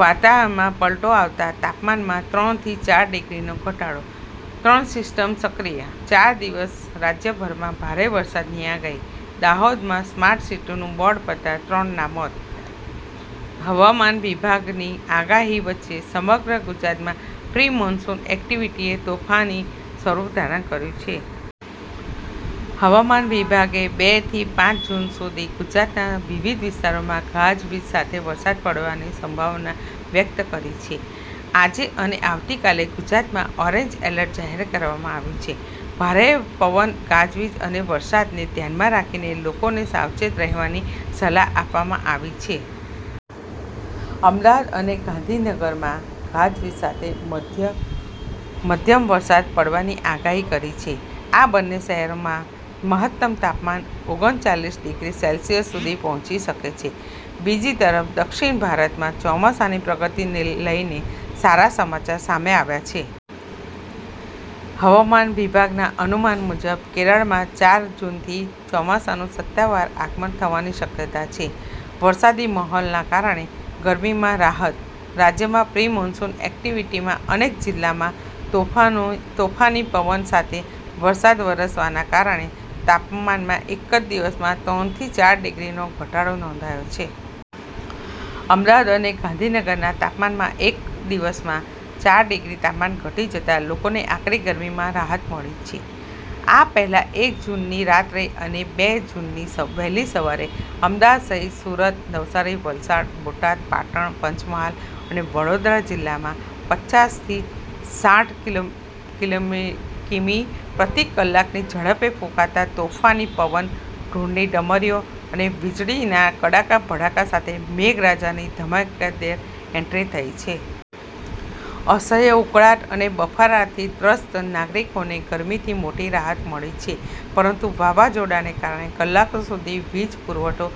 વાતાવરણમાં પલટો આવતા તાપમાનમાં ત્રણ થી ચાર ડિગ્રીનો ઘટાડો. ત્રણ સિસ્ટમ સક્રિય, ચાર દિવસ રાજ્યભરમાં ભારે વરસાદની આગાહી. દાહોદમાં 'સ્માર્ટ સિટી'નું બોર્ડ પડતાં ત્રણ ના મોત. હવામાન વિભાગની આગાહી વચ્ચે સમગ્ર ગુજરાતમાં પ્રી-મોન્સૂન એક્ટિવિટીએ તોફાની સ્વરૂપ ધારણ કર્યું છે. હવામાન વિભાગે બે થી પાંચ જૂન સુધી ગુજરાતના વિવિધ વિસ્તારોમાં ગાજવીજ સાથે વરસાદ પડવાની સંભાવના વ્યક્ત કરી છે. આજે અને આવતીકાલે ગુજરાતમાં ઓરેન્જ એલર્ટ જાહેર કરવામાં આવ્યું છે. ભારે પવન, ગાજવીજ અને વરસાદને ધ્યાનમાં રાખીને લોકોને સાવચેત રહેવાની સલાહ આપવામાં આવી છે. અમદાવાદ અને ગાંધીનગરમાં ગાજવીજ સાથે મધ્યમ વરસાદ પડવાની આગાહી કરી છે. આ બન્ને શહેરમાં મહત્તમ તાપમાન ઓગન ચાલીસ ડિગ્રી સેલ્સિયસ સુધી પહોંચી શકે છે. બીજી તરફ, દક્ષિણ ભારતમાં ચોમાસાની પ્રગતિને લઈને સારા સમાચાર સામે આવ્યા છે. હવામાન વિભાગના અનુમાન મુજબ, કેરળમાં ચાર જૂનથી ચોમાસાનું સત્તાવાર આગમન થવાની શક્યતા છે. વરસાદી માહોલના કારણે ગરમીમાં રાહત રાજ્યમાં પ્રિમોન્સૂન એક્ટિવિટીમાં અનેક જિલ્લામાં તોફાની પવન સાથે વરસાદ વરસવાના કારણે તાપમાનમાં એક જ દિવસમાં ત્રણ થી ચાર ડિગ્રીનો ઘટાડો નોંધાયો છે. અમદાવાદ અને ગાંધીનગરના તાપમાનમાં એક દિવસમાં ચાર ડિગ્રી તાપમાન ઘટી જતા લોકોને આકરી ગરમીમાં રાહત મળી છે. આ પહેલાં એક જૂનની રાત્રે અને બે જૂનની વહેલી સવારે અમદાવાદ સહિત સુરત, નવસારી, વલસાડ, બોટાદ, પાટણ, પંચમહાલ અને વડોદરા જિલ્લામાં પચાસ થી ચાઠ કિમી પ્રતિ કલાકની ઝડપે ફૂંકાતા તોફાની પવન, ધૂળની ડમરીઓ અને વીજળીના કડાકા-ભડાકા સાથે મેઘરાજાની ધમાકેદાર એન્ટ્રી થઈ છે. અસહ્ય ઉકળાટ અને બફારાથી ત્રસ્ત નાગરિકોને ગરમીથી મોટી રાહત મળી છે, પરંતુ વાવાઝોડાને કારણે કલાકો સુધી વીજ પુરવઠો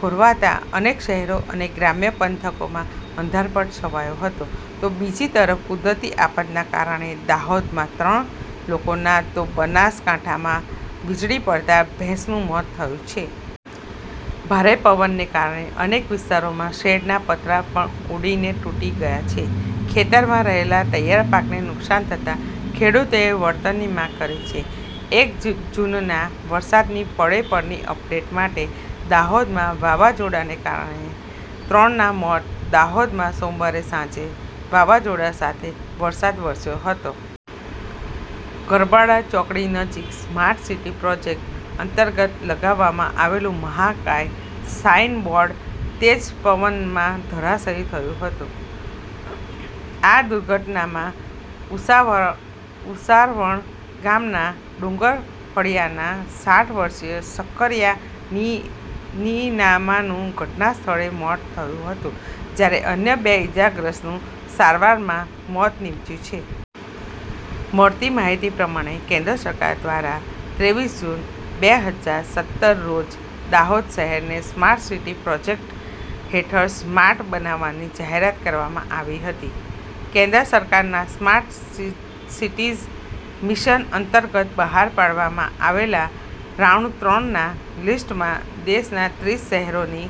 ખોરવાતા અનેક શહેરો અને ગ્રામ્ય પંથકોમાં અંધારપટ છવાયો હતો. તો બીજી તરફ કુદરતી આફતના કારણે દાહોદમાં ત્રણ લોકોના તો બનાસકાંઠામાં વીજળી પડતા ભેંસનું મોત થયું છે. ભારે પવનને કારણે અનેક વિસ્તારોમાં શેડના પતરા પણ ઉડીને તૂટી ગયાં છે. ખેતરમાં રહેલા તૈયાર પાકને નુકસાન થતાં ખેડૂતોએ વળતરની માગ કરી છે. એક જૂનના વરસાદની પળેપળની અપડેટ માટે. દાહોદમાં વાવાઝોડાને કારણે ત્રણના મોત દાહોદમાં સોમવારે સાંજે વાવાઝોડા સાથે વરસાદ વરસ્યો હતો. ગરબાડા ચોકડી નજીક સ્માર્ટ સિટી પ્રોજેક્ટ અંતર્ગત લગાવવામાં આવેલું મહાકાય સાઈન બોર્ડ તેજ પવનમાં ધરાશાયી થયું હતું. આ દુર્ઘટનામાં ઉસારવણ ગામના ડુંગર ફળિયાના સાઠ વર્ષીય શક્કરિયા નિનામાનું ઘટનાસ્થળે મોત થયું હતું, જ્યારે અન્ય બે ઈજાગ્રસ્તનું સારવારમાં મોત નીપજ્યું છે. મળતી માહિતી પ્રમાણે, કેન્દ્ર સરકાર દ્વારા ત્રેવીસ જૂન, બે હજાર સત્તર રોજ દાહોદ શહેરને સ્માર્ટ સિટી પ્રોજેક્ટ હેથળ સ્માર્ટ બનાવવાની જાહેરાત કરવામાં આવી હતી. કેન્દ્ર સરકારના 'સ્માર્ટ સિટીઝ મિશન' અંતર્ગત બહાર પાડવામાં આવેલા રાઉન્ડ-ત્રણ ના લિસ્ટમાં દેશના ત્રીસ શહેરોની